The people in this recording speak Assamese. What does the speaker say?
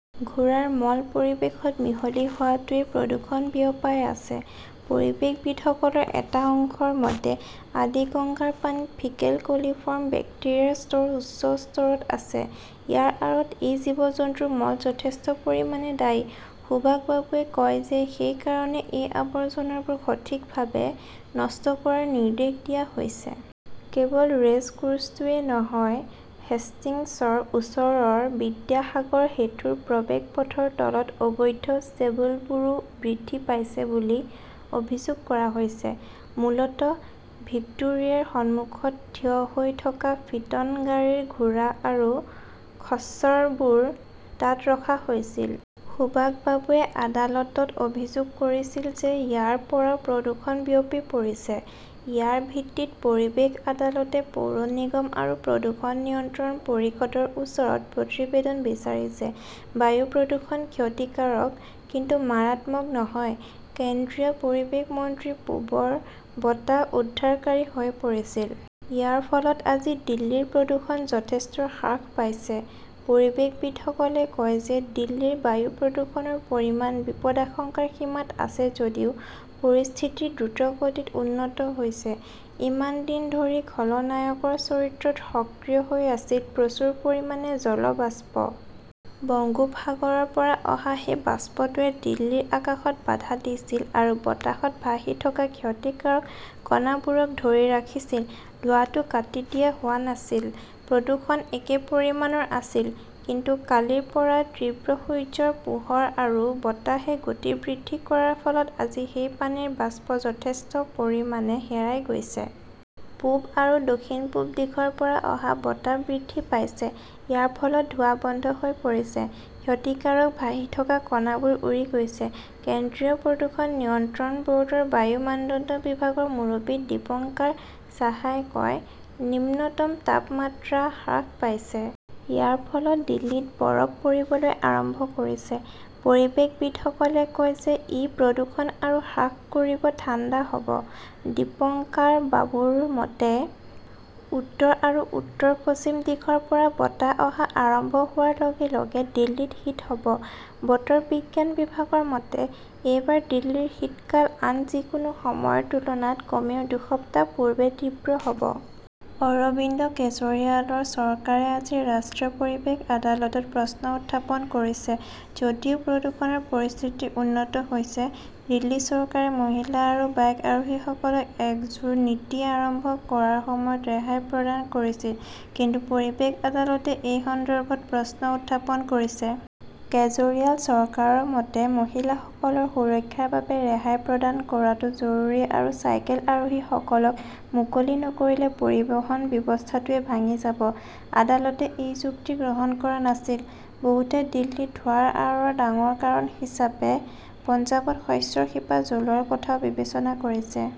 ঘোঁৰাৰ মল পৰিৱেশত মিহলি হোৱাটোৱে প্ৰদূষণ বিয়পাই আছে। পৰিৱেশবিদসকলৰ এটা অংশৰ মতে, আদিগঙ্গাৰ পানীত ফিকেল কলিফৰ্ম বেক্টেৰিয়াৰ স্তৰ উচ্চ স্তৰত আছে। ইয়াৰ আঁৰত এই জীৱ-জন্তুৰ মল যথেষ্ট পৰিমাণে দায়ী। সুভাষ বাবুৱে কয় যে সেই কাৰণে এই আৱৰ্জনাবোৰ সঠিকভাৱে নষ্ট কৰাৰ নিৰ্দেশ দিয়া হৈছে। কেৱল ৰেচ কোৰ্চটোৱেই নহয়, হেষ্টিংছৰ ওচৰৰ বিদ্যাসাগৰ সেতুৰ প্ৰৱেশ পথৰ তলত অবৈধ ষ্টেবলবোৰো বৃদ্ধি পাইছে বুলি অভিযোগ কৰা হৈছে। মূলতঃ ভিক্টোৰিয়াৰ সন্মুখত থিয় হৈ থকা ফিটন গাড়ীৰ ঘোঁৰা আৰু খচ্চৰবোৰ তাত ৰখা হৈছিল। সুভাষ বাবুৱে আদালতত অভিযোগ কৰিছিল যে ইয়াৰ পৰাও প্ৰদূষণ বিয়পি পৰিছে। ইয়াৰ ভিত্তিত পৰিৱেশ আদালতে পৌৰ নিগম আৰু প্ৰদূষণ নিয়ন্ত্ৰণ পৰিষদৰ ওচৰত প্ৰতিবেদন বিচাৰিছে। বায়ু প্ৰদূষণ ক্ষতিকাৰক, কিন্তু মাৰাত্মক নহয়। কেন্দ্ৰীয় পৰিৱেশ মন্ত্ৰী পূবৰ বতাহ উদ্ধাৰকাৰী হৈ পৰিছিল। ইয়াৰ ফলত আজি দিল্লীৰ প্ৰদূষণ যথেষ্ট হ্ৰাস পাইছে। পৰিৱেশবিদসকলে কয় যে দিল্লীৰ বায়ু প্ৰদূষণৰ পৰিমাণ বিপদাশংকাৰ সীমাত আছে যদিও পৰিস্থিতি দ্ৰুতগতিত উন্নত হৈছে। ইমান দিন ধৰি খলনায়কৰ চৰিত্ৰত সক্ৰিয় হৈ আছিল প্ৰচুৰ পৰিমাণে জল বাষ্প। বংগোপসাগৰৰ পৰা অহা সেই বাষ্পটোৱে দিল্লীৰ আকাশত বাধা দিছিল আৰু বতাহত ভাহি থকা ক্ষতিকাৰক কণাবোৰক ধৰি ৰাখিছিল। ধোঁৱাটো কাটি দিয়া হোৱা নাছিল। প্ৰদূষণ একে পৰিমাণৰ আছিল। কিন্তু কালিৰ পৰা তীব্ৰ সূৰ্যৰ পোহৰ আৰু বতাহে গতি বৃদ্ধি কৰাৰ ফলত আজি সেই পানীৰ বাষ্প যথেষ্ট পৰিমাণে হেৰাই গৈছে। পূব আৰু দক্ষিণ-পূব দিশৰ পৰা অহা বতাহ বৃদ্ধি পাইছে। ইয়াৰ ফলত ধোঁৱা বন্ধ হৈ পৰিছে। ক্ষতিকাৰক ভাহি থকা কণাবোৰ উৰি গৈছে। কেন্দ্ৰীয় প্ৰদূষণ নিয়ন্ত্ৰণ বৰ্ডৰ বায়ু মানদণ্ড বিভাগৰ মুৰব্বী দীপঙ্কাৰ সাহাই কয়, নিম্নতম তাপমাত্ৰা হ্ৰাস পাইছে। ইয়াৰ ফলত দিল্লীত বৰফ পৰিবলৈ আৰম্ভ কৰিছে। পৰিৱেশবিদসকলে কয় যে ই প্ৰদূষণ আৰু হ্ৰাস কৰিব, ঠাণ্ডা হ'ব। দীপঙ্কাৰবাবুৰ মতে, উত্তৰ আৰু উত্তৰ-পশ্চিম দিশৰ পৰা বতাহ অহা আৰম্ভ হোৱাৰ লগে-লগে দিল্লীত শীত হ'ব। বতৰ বিজ্ঞান বিভাগৰ মতে, এইবাৰ দিল্লীৰ শীতকাল আন যিকোনো সময়ৰ তুলনাত কমেও দুসপ্তাহ পূৰ্বে তীব্ৰ হ'ব। অৰবিন্দ কেজৰিৱালৰ চৰকাৰে আজি ৰাষ্ট্ৰীয় পৰিৱেশ আদালতত প্ৰশ্ন উত্থাপন কৰিছে যদিও প্ৰদূষণৰ পৰিস্থিতি উন্নত হৈছে। দিল্লী চৰকাৰে মহিলা আৰু বাইক আৰোহীসকলক একজোৰ নীতি আৰম্ভ কৰাৰ সময়ত ৰেহাই প্ৰদান কৰিছিল। কিন্তু পৰিৱেশ আদালতে এই সন্দৰ্ভত প্ৰশ্ন উত্থাপন কৰিছে। কেজৰিৱাল চৰকাৰৰ মতে, মহিলাসকলৰ সুৰক্ষাৰ বাবে ৰেহাই প্ৰদান কৰাটো জৰুৰী আৰু চাইকেল আৰোহীসকলক মুকলি নকৰিলে পৰিবহণ ব্যৱস্থাটোৱেই ভাঙি যাব। আদালতে এই যুক্তি গ্ৰহণ কৰা নাছিল। বহুতে দিল্লীত ধোঁৱাৰ আঁৰৰ ডাঙৰ কাৰণ হিচাপে পঞ্জাৱত শস্যৰ শিপা জ্বলোৱাৰ কথাও বিবেচনা কৰিছে।